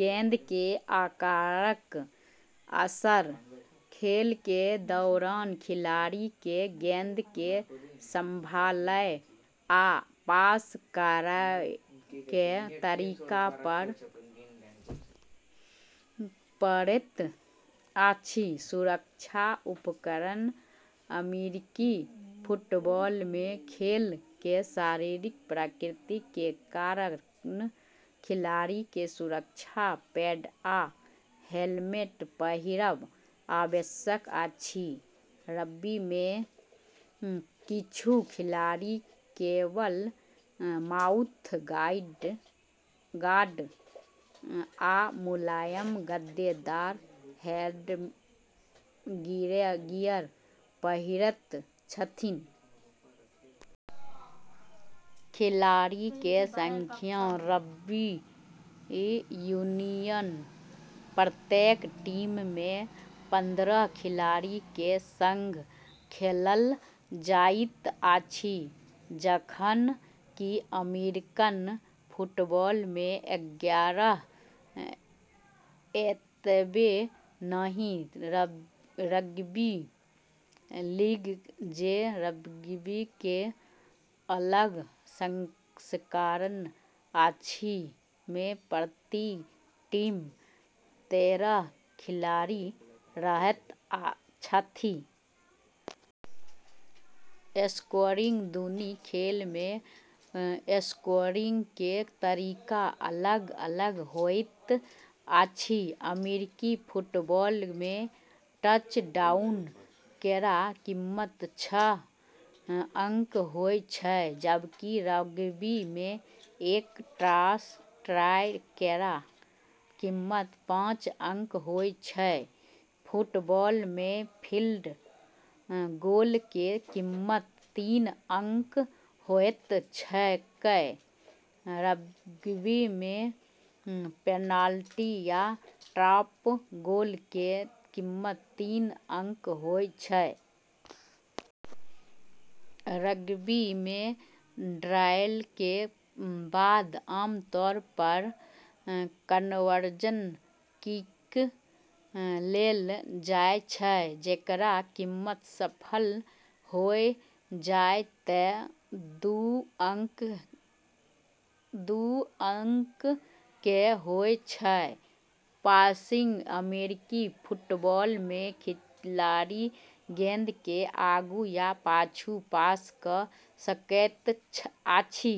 गेंद के आकारक असर खेल के दौरान खिलाड़ी के गेंद के संभालय आ पास करय के तरीका पर पड़ैत अछि। सुरक्षा उपकरण अमेरिकी फुटबॉल मे खेल के शारीरिक प्रकृति के कारण खिलाड़ी के सुरक्षा पैड आ हेलमेट पहिरब आवश्यक अछि रग्बी में किछु खिलाड़ी केवल माउथ गार्ड आ मुलायम गद्देदार हेडगियर पहिरैत छथि। खिलाड़ी के संख्या रग्बी यूनियन प्रत्येक टीम में पंद्रह खिलाड़ी के संग खेलल जाइत अछि जखन कि अमेरिकन फुटबॉल में ग्यारह। एतबे नहिं रग्बी लीग जे रग्बी के अलग संस्करण अछि में प्रति टीम तेरह खिलाड़ी रहैत छथि। स्कोरिंग दुनू खेल मे स्कोरिंग के तरीका अलग अलग होइत अछि अमेरिकी फुटबॉल में टचडाउन केरऽ कीमत छह अंक होय छै जबकि रग्बी में एक ट्राय केरऽ कीमत पाँच अंक होय छै। फुटबॉल में फील्ड गोल के कीमत तीन अंक होइत छैक रग्बी में पेनाल्टी या ड्रॉप गोल के कीमत तीन अंक होय छै। रग्बी में ट्रायल के बाद आमतौर पर कन्वर्जन किक लेलऽ जाय छै जेकरऽ कीमत सफल होय जाय तऽ दू अंक के होय छै। पासिंग अमेरिकी फुटबॉल में खिलाड़ी गेंद के आगू या पाछू पास क सकैत अछि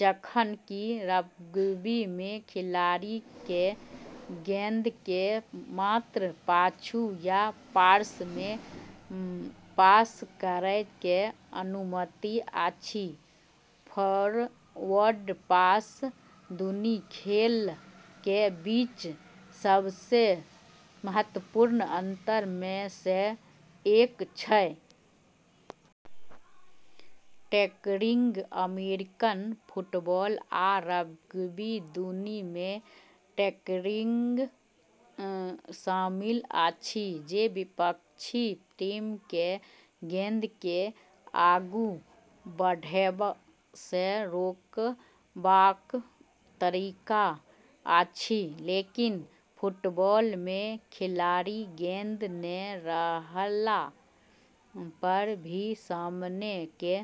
जखन कि रग्बी में खिलाड़ी के गेंद के मात्र पाछू या पार्श्व में पास करय के अनुमति अछि फोरवर्ड पास दूनू खेलऽ के बीच सबसें महत्वपूर्ण अंतर मऽ सऽ एक छै। टैकलिंग अमेरिकन फुटबॉल आ रग्बी दुनू मे टैकलिंग शामिल अछि जे विपक्षी टीम के गेंद के आगू बढ़ेबा स रोकबाक तरीका अछि। लेकिन फुटबॉल में खिलाड़ी गेंद नै रहला पर भी सामने के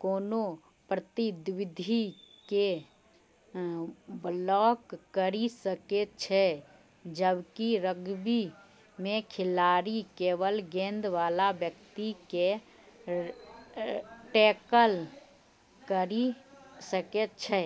कोनो प्रतिद्वंदी के ब्लॉक करी सकै छै जबकि रग्बी में खिलाड़ी केवल गेंद वाला व्यक्ति के टैकल करी सकै छै।